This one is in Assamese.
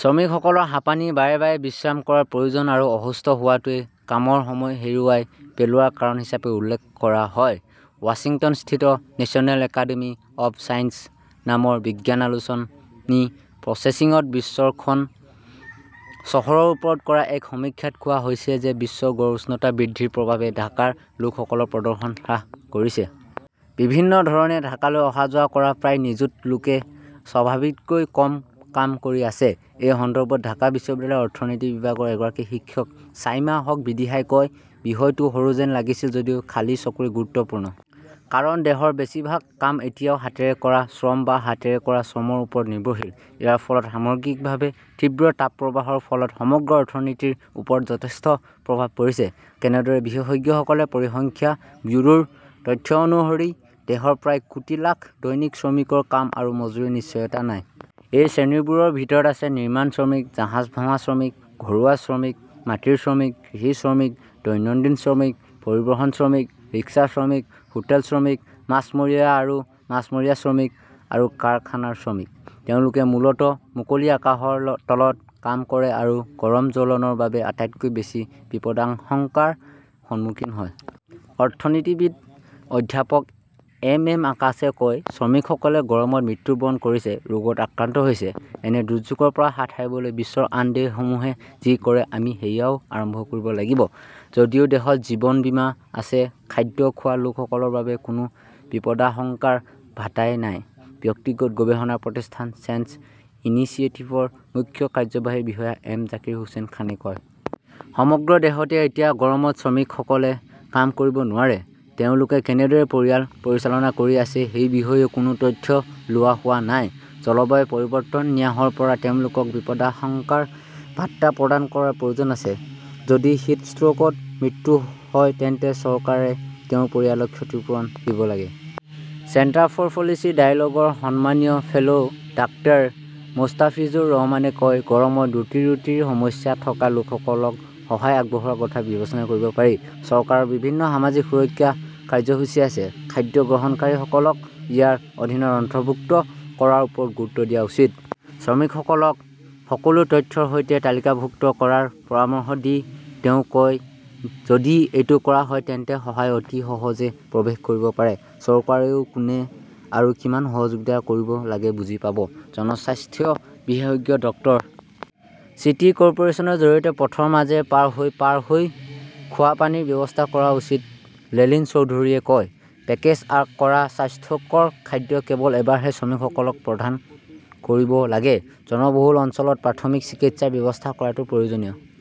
শ্ৰমিকসকলৰ হাঁপানি, বাৰে বাৰে বিশ্ৰাম কৰাৰ প্ৰয়োজন আৰু অসুস্থ হোৱাটোৱে কামৰ সময় হেৰুৱাই পেলোৱাৰ কাৰণ হিচাপে উল্লেখ কৰা হয়। ৱাশ্বিংটনস্থিত নেশ্যনেল একাডেমী অৱ চাইন্সেছ নামৰ বিজ্ঞান আলোচনী প্ৰচেছিংত বিশ্বৰ খন চহৰৰ ওপৰত কৰা এক সমীক্ষাত কোৱা হৈছে যে বিশ্বৰ গড় উষ্ণতা বৃদ্ধিৰ প্ৰভাৱে ঢাকাৰ লোকসকলৰ প্ৰদৰ্শন হ্ৰাস কৰিছে। বিভিন্ন ধৰণে ঢাকালৈ অহা-যোৱা কৰা প্ৰায় নিযুত লোকে স্বাভাৱিকতকৈ কম কাম কৰি আছে। এই সন্দৰ্ভত ঢাকা বিশ্ববিদ্যালয়ৰ অৰ্থনীতি বিভাগৰ এগৰাকী শিক্ষক চাইমা হক বিদিশাই কয়, বিষয়টো সৰু যেন লাগিছিল যদিও খালী চকুৰে গুৰুত্বপূৰ্ণ। কাৰণ দেশৰ বেছিভাগ কাম এতিয়াও হাতেৰে কৰা শ্ৰম বা হাতেৰে কৰা শ্ৰমৰ ওপৰত নিৰ্ভৰশীল। ইয়াৰ ফলত সামগ্ৰিকভাৱে তীব্ৰ তাপপ্ৰবাহৰ ফলত সমগ্ৰ অৰ্থনীতিৰ ওপৰত যথেষ্ট প্ৰভাৱ পৰিছে। কেনেদৰে বিশেষজ্ঞসকলে পৰিসংখ্যা ব্যুৰোৰ তথ্য অনুসৰি দেশৰ প্ৰায় কোটি লাখ দৈনিক শ্ৰমিকৰ কাম আৰু মজুৰিৰ নিশ্চয়তা নাই। এই শ্ৰেণীবোৰৰ ভিতৰত আছে নিৰ্মাণ শ্ৰমিক, জাহাজ ভাঙা শ্ৰমিক, ঘৰুৱা শ্ৰমিক, মাটিৰ শ্ৰমিক, কৃষি শ্ৰমিক, দৈনন্দিন শ্ৰমিক, পৰিবহণ শ্ৰমিক, ৰিক্সা শ্ৰমিক, হোটেল শ্ৰমিক, মাছমৰীয়া আৰু মাছমৰীয়া শ্ৰমিক আৰু কাৰখানাৰ শ্ৰমিক। তেওঁলোকে মূলতঃ মুকলি আকাশৰ তলত কাম কৰে আৰু গৰম জ্বলনৰ বাবে আটাইতকৈ বেছি বিপদাশংকাৰ সন্মুখীন হয়। অৰ্থনীতিবিদ অধ্যাপক এম এম আকাশে কয়, শ্ৰমিকসকলে গৰমত মৃত্যুবৰণ কৰিছে, ৰোগত আক্ৰান্ত হৈছে। এনে দুৰ্যোগৰ পৰা হাত সাৰিবলৈ বিশ্বৰ আন দেশসমূহে যি কৰে আমি সেয়াও আৰম্ভ কৰিব লাগিব। যদিও দেশত জীৱন বীমা আছে, খাদ্য খোৱা লোকসকলৰ বাবে কোনো বিপদাশংকাৰ ভাতাই নাই, ব্যক্তিগত গৱেষণা প্ৰতিষ্ঠান চেঞ্জ ইনিচিয়েটিভৰ মুখ্য কাৰ্যবাহী বিষয়া এম জাকিৰ হোসেন খানে কয়। সমগ্ৰ দেশতে এতিয়া গৰমত শ্ৰমিকসকলে কাম কৰিব নোৱাৰে। তেওঁলোকে কেনেদৰে পৰিয়াল পৰিচালনা কৰি আছে সেই বিষয়েও কোনো তথ্য লোৱা হোৱা নাই। জলবায়ু পৰিৱৰ্তন ন্যাসৰ পৰা তেওঁলোকক বিপদাশংকাৰ ভাত্তা প্ৰদান কৰাৰ প্ৰয়োজন আছে। যদি হিট ষ্ট্ৰ 'কত মৃত্যু হয় তেন্তে চৰকাৰে তেওঁৰ পৰিয়ালক ক্ষতিপূৰণ দিব লাগে। চেণ্টাৰ ফৰ পলিচি ডায়ালগ ৰ সন্মানীয় ফেল 'ডাঃ মুস্তাফিজুৰ ৰহমানে কয়, গৰমত ৰুটি-ৰুটিৰ সমস্যা থকা লোকসকলক সহায় আগবঢ়োৱাৰ কথা বিবেচনা কৰিব পাৰি। চৰকাৰৰ বিভিন্ন সামাজিক সুৰক্ষা কাৰ্যসূচী আছে। খাদ্য গ্ৰহণকাৰীসকলক ইয়াৰ অধীনত অন্তৰ্ভুক্ত কৰাৰ ওপৰত গুৰুত্ব দিয়া উচিত। শ্ৰমিকসকলক সকলো তথ্যৰ সৈতে তালিকাভুক্ত কৰাৰ পৰামৰ্শ দি তেওঁ কয় যদি এইটো কৰা হয় তেন্তে সহায় অতি সহজে প্ৰৱেশ কৰিব পাৰে। চৰকাৰেও কোনে আৰু কিমান সহযোগিতা কৰিব লাগে বুজি পাব। জনস্বাস্থ্য বিশেষজ্ঞ ড. চি টি কৰ্পোৰেচনৰ জৰিয়তে পথৰ মাজেৰে পাৰ হৈ পাৰ হৈ খোৱা পানীৰ ব্যৱস্থা কৰা উচিত লেলিন চৌধুৰীয়ে কয়। পেকেজ কৰা স্বাস্থ্যকৰ খাদ্য কেৱল এবাৰহে শ্ৰমিকসকলক প্ৰদান কৰিব লাগে। জনবহুল অঞ্চলত প্ৰাথমিক চিকিৎসাৰ ব্যৱস্থা কৰাটো প্ৰয়োজনীয়।